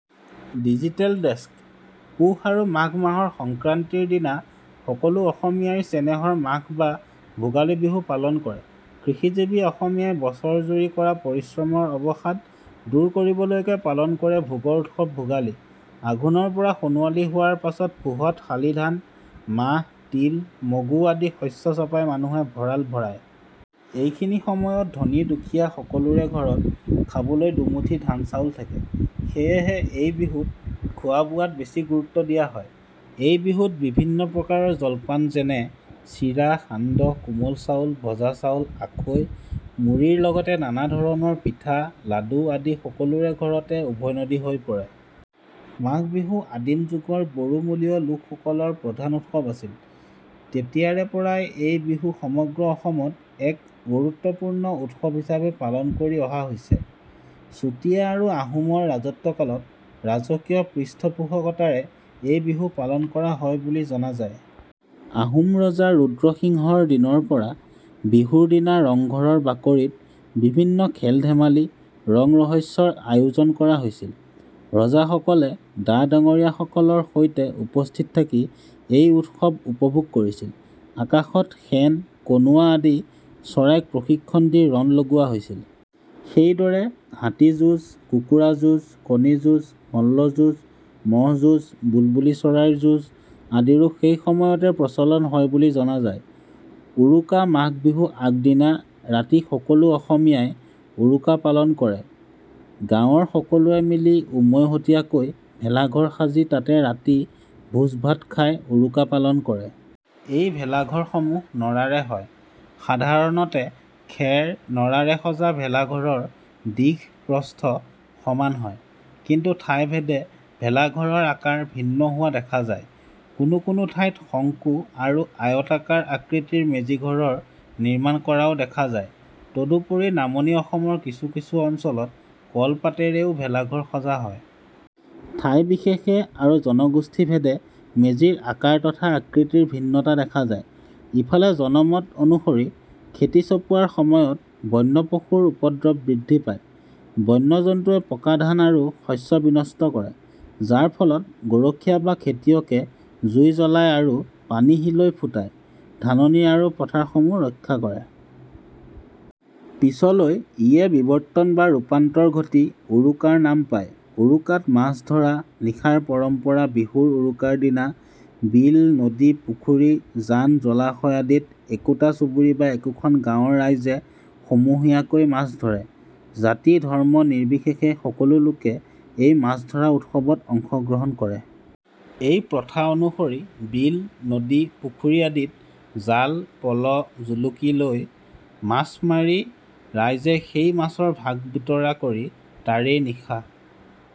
Digital desk: পুহ আৰু মাঘ মাহৰ সংক্ৰান্তিৰ দিনা সকলো অসমীয়াই চেনেহৰ মাঘ বা ভোগালী বিহু পালন কৰে। কৃষিজীৱি অসমীয়াই বছৰজুৰি কৰা পৰিশ্ৰমৰ অৱসাদ দূৰ কৰিবলৈকে পালন কৰে ভোগৰ উৎসৱ ভোগালী। আঘোনৰ পথাৰ সোণোৱালী হোৱাৰ পাছত পুহত শালি ধান, মাহ, তিল, মগু আদি শস্য চপাই মানুহে ভঁৰাল ভৰায়। এইখিনি সময়ত ধনী-দুখীয়া সকলোৰে ঘৰত খাবলৈ দুমুঠি ধান-চাউল থাকে। সেয়েহে এই বিহুত খোৱা-বোৱাত বেছি গুৰুত্ব দিয়া হয়। এই বিহুত বিভিন্ন প্ৰকাৰৰ জলপান যেনে, চিৰা, সান্দহ, কোমল চাউল, ভজা চাউল, আখৈ, মুৰীৰ লগতে নানা ধৰণৰ পিঠা, লাডু আদি সকলোৰে ঘৰতে উভৈনদী হৈ পৰে। মাঘ বিহু আদিম যুগৰ বড়ো মূলীয় লোক সকলৰ প্ৰধান উৎসৱ আছিল। তেতিয়াৰে পৰাই এই বিহু সমগ্ৰ অসমত এক গুৰুত্বপূৰ্ণ উৎসৱ হিচাপে পালন কৰি অহা হৈছে। চুতীয়া আৰু আহোমৰ ৰাজত্বকালত ৰাজকীয় পৃষ্ঠপোষকতাৰে এই বিহু পালন কৰা হয় বুলি জনা যায়। আহোম ৰজা ৰুদ্ৰসিংহৰ দিনৰ পৰা বিহুৰ দিনা ৰংঘৰৰ বাকৰিত বিভিন্ন খেল-ধেমালি, ৰং-ৰহইচৰ আয়োজন কৰা হৈছিল। ৰজাসকলে ডা-ডাঙৰীয়াসকলৰ সৈতে উপস্থিত থাকি এই উৎসৱ উপভোগ কৰিছিল। আকাশত শেন-কণুৱা আদি চৰাইক প্ৰশিক্ষণ দি ৰণ লগোৱা হৈছিল। সেইদৰে হাতী যুঁজ, কুকুৰা যুঁজ, কণী যুঁজ, মল্ল যুঁজ মহ যুঁজ, বুলবুলি চৰাইৰ যুঁজ আদিৰো সেইসময়তে প্ৰচলন হয় বুলি জনা যায়। উৰুকা মাঘ বিহু আগদিনা ৰাতি সকলো অসমীয়াই উৰুকা পালন কৰে। গাঁৱৰ সকলোয়ে মিলি উমৈহতীয়াকৈ ভেলাঘৰ সাজি তাতে ৰাতি ভোজ-ভাত খায় উৰুকা পালন কৰে। এই ভেলাঘৰসমূহ নৰাৰে হয়। সাধাৰণতে খেৰ-নৰাৰে সজা ভেলাঘৰৰ দীঘ-প্ৰস্থ সমান হয়। কিন্তু ঠাইভেদে ভেলাঘৰৰ আকাৰ ভিন্ন হোৱা দেখা যায়। কোনো কোনো ঠাইত শংকু আৰু আয়তাকাৰ আকৃতিৰ মেজিঘৰৰ নিৰ্মাণ কৰাও দেখা যায়। তদুপৰি নামনি অসমৰ কিছু কিছু অঞ্চলত কলপাতেৰেও ভেলাঘৰ সজা হয়। ঠাই বিশেষে আৰু জনগোষ্ঠীভেদে মেজিৰ আকাৰ তথা আকৃতিৰ ভিন্নতা দেখা যায়। ইফালে, জনমত অনুসৰি খেতি চপোৱাৰ সময়ত বন্য পশুৰ উপদ্ৰৱ বৃদ্ধি পায়। বন্য জন্তুয়ে পকা ধান আৰু শস্য বিনষ্ট কৰে। যাৰ ফলত গৰখীয়া বা খেতিয়কে জুই জ্বলায় আৰু পানীহিলৈ ফুটায় ধাননি আৰু পথাৰসমূহ ৰক্ষা কৰে। পিছলৈ ইয়ে বিৱৰ্তন বা ৰূপান্তৰ ঘটি উৰুকাৰ নাম পায়। উৰুকাত মাছ ধৰা, নিশাৰ পৰম্পৰা বিহুৰ উৰুকাৰ দিনা বিল, নদী, পুখুৰী, জান জলাশয় আদিত একোটা চুবুৰি বা একোখন গাঁৱৰ ৰাইজে সমূহীয়াকৈ মাছ ধৰে। জাতি-ধৰ্ম নিৰ্বিশেষে সকলো লোকে এই মাছ ধৰা উৎসৱত অংশগ্ৰহণ কৰে। এই প্ৰথা অনুসৰি, বিল, নদী, পুখুৰী আদিত জাল, পল, জুলুকিলৈ মাছ মাৰি ৰাইজে সেই মাছৰ ভাগ-বিতৰা কৰি তাৰেই নিশা